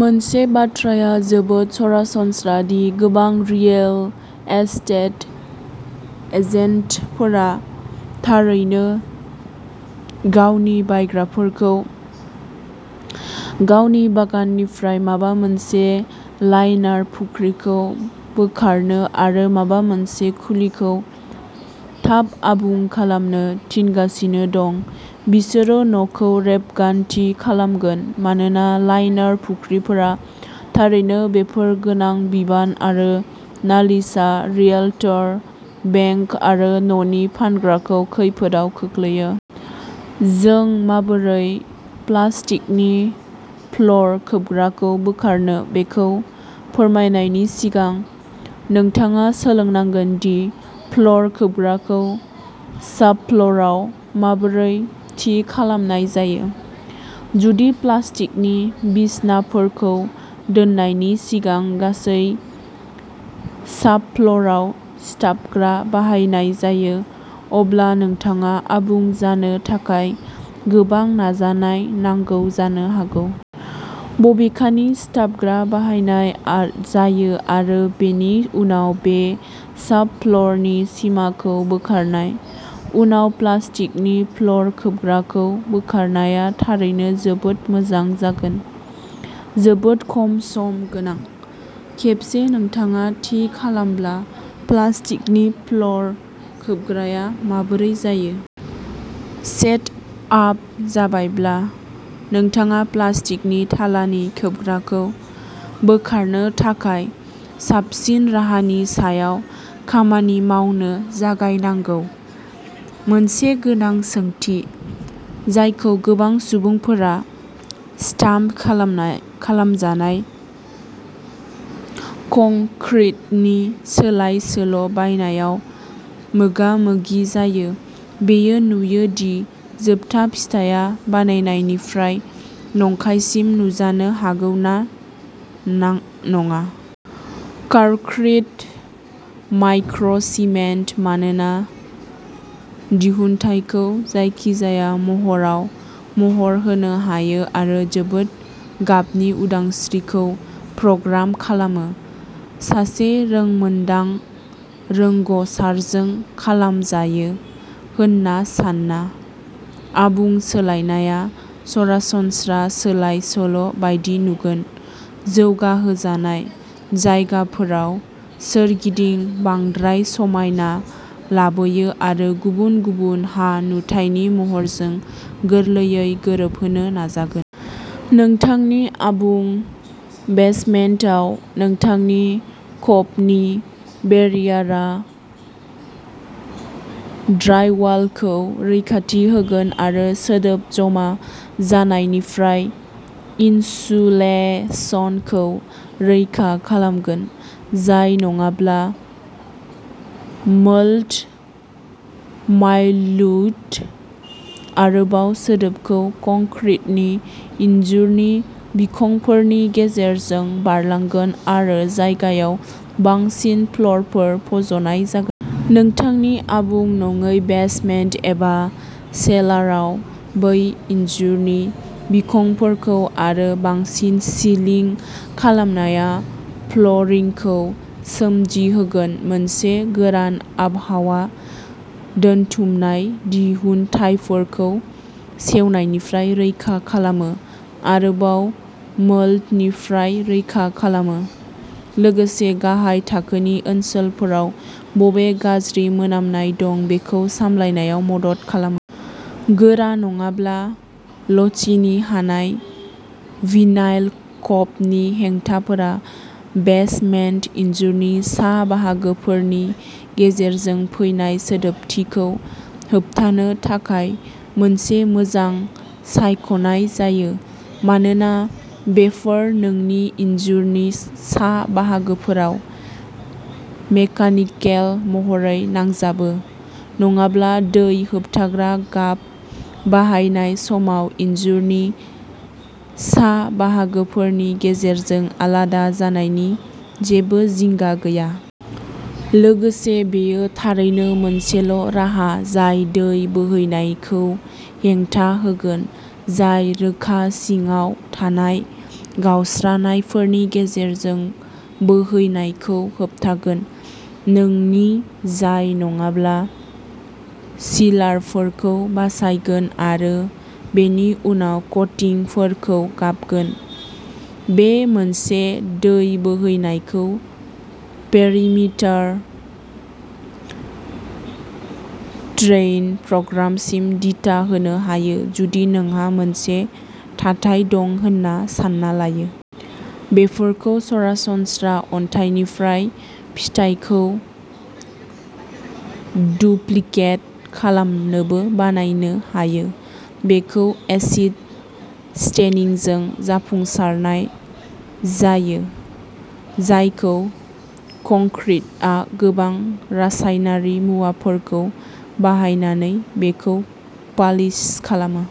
मोनसे बाथ्राया जोबोद सरासनस्रा दि गोबां रियेल एस्टेट एजेन्टफोरा थारैनो गावनि बायग्राफोरखौ गावनि बागाननिफ्राय माबा मोनसे लाइनार फुख्रिखौ बोखारनो आरो माबा मोनसे खुलिखौ थाब आबुं खालामनो थिनगासिनो दं, बिसोरो न'खौ रेबगान्थि खालामगोन मानोना लाइनार फुख्रिफोरा थारैनो बेफोर गोनां बिबान आरो नालिसआ रियेल्टर, बेंक आरो न'नि फानग्राखौ खैफोदआव खोख्लैयो। जों माबोरै प्लास्टिकनि फ्ल'र खोबग्राखौ बोखारनो बेखौ फोरमायनायनि सिगां, नोंथाङा सोलोंनांगोन दि फ्ल'र खोबग्राखौ साबफ्ल'राव माबोरै थि खालामनाय जायो। जुदि प्लास्टिकनि बिसनाफोरखौ दोननायनि सिगां गासै साबफ्ल'राव सिथाबग्रा बाहायनाय जायो, अब्ला नोंथाङा आबुं जानो थाखाय गोबां नाजानाय नांगौ जानो हागौ। बबेखानि, सिथाबग्रा बाहायनाय जायो आरो बेनि उनाव बे साबफ्ल'रनि सिमाखौ बोखारनाय, उनाव प्लास्टिकनि फ्ल'र खोबग्राखौ बोखारनाया थारैनो जोबोद मोजां जागोन, जोबोद खम सम गोनां। खेबसे नोंथाङा थि खालामब्ला प्लास्टिकनि फ्ल'र खोबग्राया माबोरै जायो। सेटआप जाबायब्ला, नोंथाङा प्लास्टिकनि थालानि खोबग्राखौ बोखारनो थाखाय साबसिन राहानि सायाव खामानि मावनो जागायनांगौ। मोनसे गोनां सोंथि जायखौ गोबां सुबुंफोरा स्टाम्प खालामजानाय कंक्रिटनि सोलाय-सोल'बायनायाव मोगामोगि जायो, बेयो नुयो दि जोबथा फिथाइया बानायनायनिफ्राय नंखायसिम नुजानो हागौ ना नङा। कारक्रिट माइक्र'सिमेन्ट'मानोना दिहुनथायखौ जायखिजाया महरआव महर होनो हायो आरो जोबोद गाबनि उदांस्रिखौ प्रग्राम खालामो, सासे रोंमोन्दां रोंग'सारजों खालामजायो होन्ना सान्ना, आबुं सोलायनाया सरासनस्रा सोलाय-सोल'बायदि नुगोन। जौगाहोजानाय जायगाफोराव सोरगिदिं बांद्राय समायना लाबोयो आरो गुबुन गुबुन हा-नुथायनि महरजों गोरलैयै गोरोबहोनो नाजागोन। नोंथांनि आबुं बेसमेन्टाव, नोंथांनि खफनि बेरियारा ड्राइवालखौ रैखाथि होगोन आरो सिदोब जमा जानायनिफ्राय इनसुलेसनखौ रैखा खालामगोन जाय नङाब्ला मोल्ड, माइल्ड्यु, आरोबाव सिदोबखौ कंक्रिटनि इनजुरनि बिखंफोरनि गेजेरजों बारलांगोन आरो जायगायाव बांसिन फ्ल'रफोर फज'नाय जागोन। नोंथांनि आबुं नङै बेसमेन्ट एबा सेलारआव, बै इनजुरनि बिखंफोरखौ आरो बांसिन सिलिं खालामनाया फ्ल'रिंखौ सोमजि होगोन। मोनसे गोरान आबहावाया, दोनथुमनाय दिहुनथायफोरखौ सेवनायनिफ्राय रैखा खालामो, आरोबाव मोल्डनिफ्राय रैखा खालामो, लोगोसे गाहाय थाखोनि ओनसोलफोराव बबे गाज्रि मोनामनाय दं बेखौ सामलायनायाव मदद खालामो। गोरा नङाब्ला लचिनो हानाय, भिनाइल खफनि हेंथाफोरा बेसमेन्ट इनजुरनि सा बाहागोफोरनि गेजेरजों फैनाय सिदोबथिखौ होबथानो थाखाय मोनसे मोजां सायख'नाय जायो। मानोना बेफोर नोंनि इनजुरनि सा बाहागोफोराव मेकानिकेल महरै नांजाबो, नङाब्ला दै होबथाग्रा गाब बाहायनाय समाव इनजुरनि सा बाहागोफोरनि गेजेरजों आलादा जानायनि जेबो जिंगा गैया। लोगोसे, बेयो थारैनो मोनसेल'राहा जाय दै बोहैनायखौ हेंथा होगोन, जाय रोखा सिङाव थानाय गावस्रानायफोरनि गेजेरजों बोहैनायखौ होबथागोनः नोंनि जाय नङाब्ला सिलारफोरखौ बासायगोन आरो बेनि उनाव कटिंगफोरखौ गाबगोन। बे मोनसे दै बोहैनायखौ पेरिमिटार ड्रेइन प्रग्रामसिम दिथा होनो हायो, जुदि नोंहा मोनसे थाथाय दं होन्ना सान्ना लायो। बेफोरखौ सरासनस्रा अन्थाइनिफ्राय फिथायखौ डुप्लिकेट खालामनोबो बानायनो हायो। बेखौ एसिड स्टेनिंजों जाफुंसारनाय जायो, जायखौ कंक्रिटआ गोबां रासायनारि मुवाफोरखौ बाहायनानै बेखौ पालिश खालामो।